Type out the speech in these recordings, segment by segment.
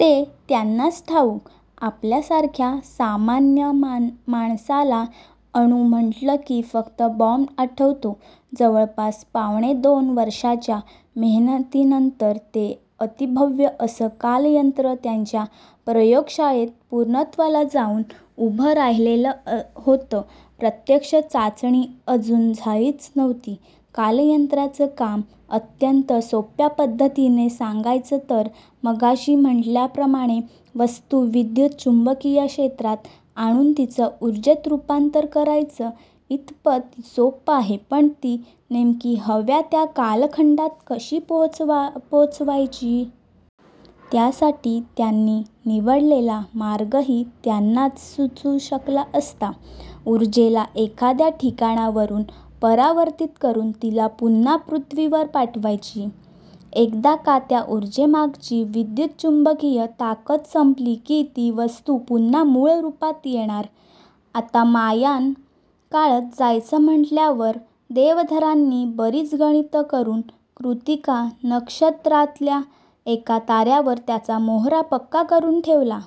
ते त्यांनाच ठाऊक, आपल्यासारख्या सामान्य माणसाला अणू म्हटलं की फक्त बॉम्ब आठवतो. जवळपास पावणेदोन वर्षाच्या मेहनतीनंतर ते अतिभव्य असं कालयंत्र त्यांच्या प्रयोगशाळेत पूर्णत्वाला जाऊन उभं राहिलेलं होतं. प्रत्यक्ष चाचणी अजून झालीच नव्हती. कालयंत्राचं काम अत्यंत सोप्या पद्धतीने सांगायचं तर, मघाशी म्हटल्याप्रमाणे वस्तू विद्युतचुंबकीय क्षेत्रात आणून तिचं ऊर्जेत रूपांतर करायचं इथपत सोपं आहे पण ती नेमकी हव्या त्या कालखंडात कशी पोहोचवायची? त्यासाठी त्यांनी निवडलेला मार्गही त्यांनाच सुचू शकला असता. ऊर्जेला एखाद्या ठिकाणावरून परावर्तित करून तिला पुन्हा पृथ्वीवर पाठवायची. एकदा का त्या ऊर्जेमागची विद्युतचुंबकीय ताकद संपली की ती वस्तू पुन्हा मूळ रूपात येणार. आता मायन काळात जायचं म्हटल्यावर देवधरांनी बरीच गणितं करून कृत्तिका नक्षत्रातल्या एका ताऱ्यावर त्याचा मोहरा पक्का करून ठेवला.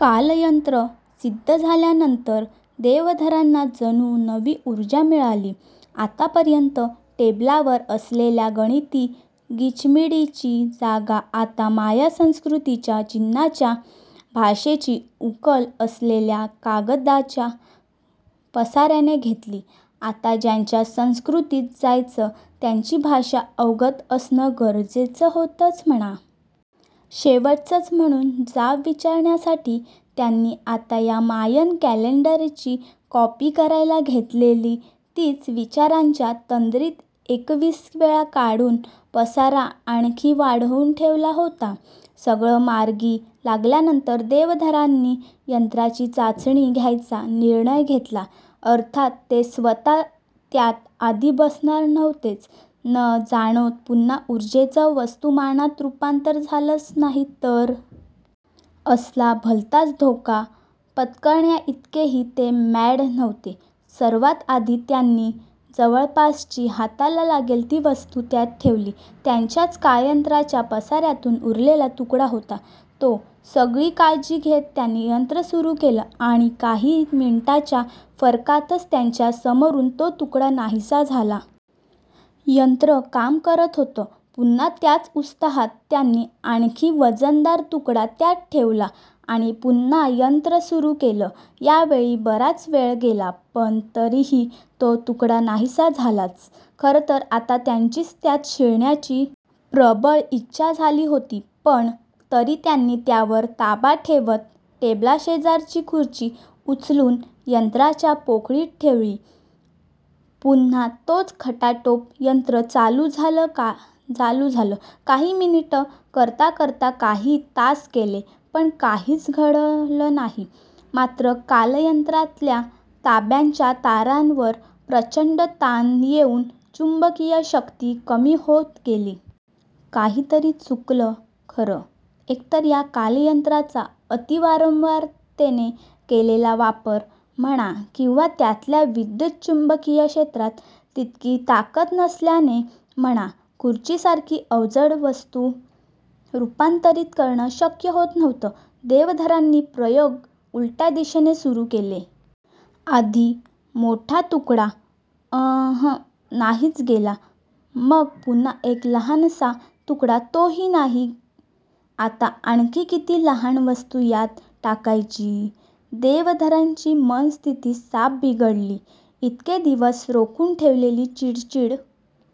कालयंत्र सिद्ध झाल्यानंतर देवधरांना जणू नवी ऊर्जा मिळाली. आतापर्यंत टेबलावर असलेल्या गणिती गिचमिडीची जागा आता माया संस्कृतीच्या चिन्हांच्या भाषेची उकल असलेल्या कागदांच्या पसाऱ्याने घेतली. आता ज्यांच्या संस्कृतीत जायचं त्यांची भाषा अवगत असणं गरजेचं होतंच म्हणा. शेवटचंच म्हणून जाब विचारण्यासाठी त्यांनी आत्ता त्या मायन कॅलेंडरची कॉपी करायला घेतलेली, तीच विचारांच्या तंद्रीत एकवीस वेळा काढून पसारा आणखी वाढवून ठेवला होता. सगळं मार्गी लागल्यानंतर देवधरांनी यंत्राची चाचणी घ्यायचा निर्णय घेतला. अर्थात ते स्वतः त्यात आधी बसणार नव्हतेच, न जाणो पुन्हा ऊर्जेचं वस्तुमानात रूपांतर झालंच नाही तर? असला भलताच धोका पत्करण्याइतकेही ते मॅड नव्हते. सर्वात आधी त्यांनी जवळपासची हाताला लागेल ती वस्तू त्यात ठेवली, त्यांच्याच कालयंत्राच्या पसाऱ्यातून उरलेला तुकडा होता तो. सगळी काळजी घेत त्यांनी यंत्र सुरू केलं आणि काही मिनिटांच्या फरकातच त्यांच्या समोरून तो तुकडा नाहीसा झाला. यंत्र काम करत होतं. पुन्हा त्याच उत्साहात त्यांनी आणखी वजनदार तुकडा त्यात ठेवला आणि पुन्हा यंत्र सुरू केलं. यावेळी बराच वेळ गेला पण तरीही तो तुकडा नाहीसा झालाच. खरंतर आता त्यांचीच त्यात शिरण्याची प्रबळ इच्छा झाली होती, पण तरी त्यांनी त्यावर ताबा ठेवत टेबलाशेजारची खुर्ची उचलून यंत्राच्या पोकळीत ठेवली, पुन्हा तोच खटाटोप यंत्र चालू झालं काही मिनिटं करता करता काही तास गेले पण काहीच घडलं नाही, मात्र कालयंत्रातल्या तांब्याच्या तारांवर प्रचंड ताण येऊन चुंबकीय शक्ती कमी होत गेली. काहीतरी चुकलं खरं, एकतर या कालयंत्राचा अती वारंवारतेने केलेला वापर म्हणा किंवा त्यातल्या विद्युतचुंबकीय क्षेत्रात तितकी ताकद नसल्याने म्हणा खुर्चीसारखी अवजड वस्तू रूपांतरित करणं शक्य होत नव्हतं. देवधरांनी प्रयोग उलट्या दिशेने सुरू केले. आधी मोठा तुकडा, अं हं नाहीच गेला, मग पुन्हा एक लहानसा तुकडा तो ही नाही. आता आणखी किती लहान वस्तू यात टाकायची? देवधरांची मनःस्थिती साफ बिघडली, इतके दिवस रोखून ठेवलेली चिडचिड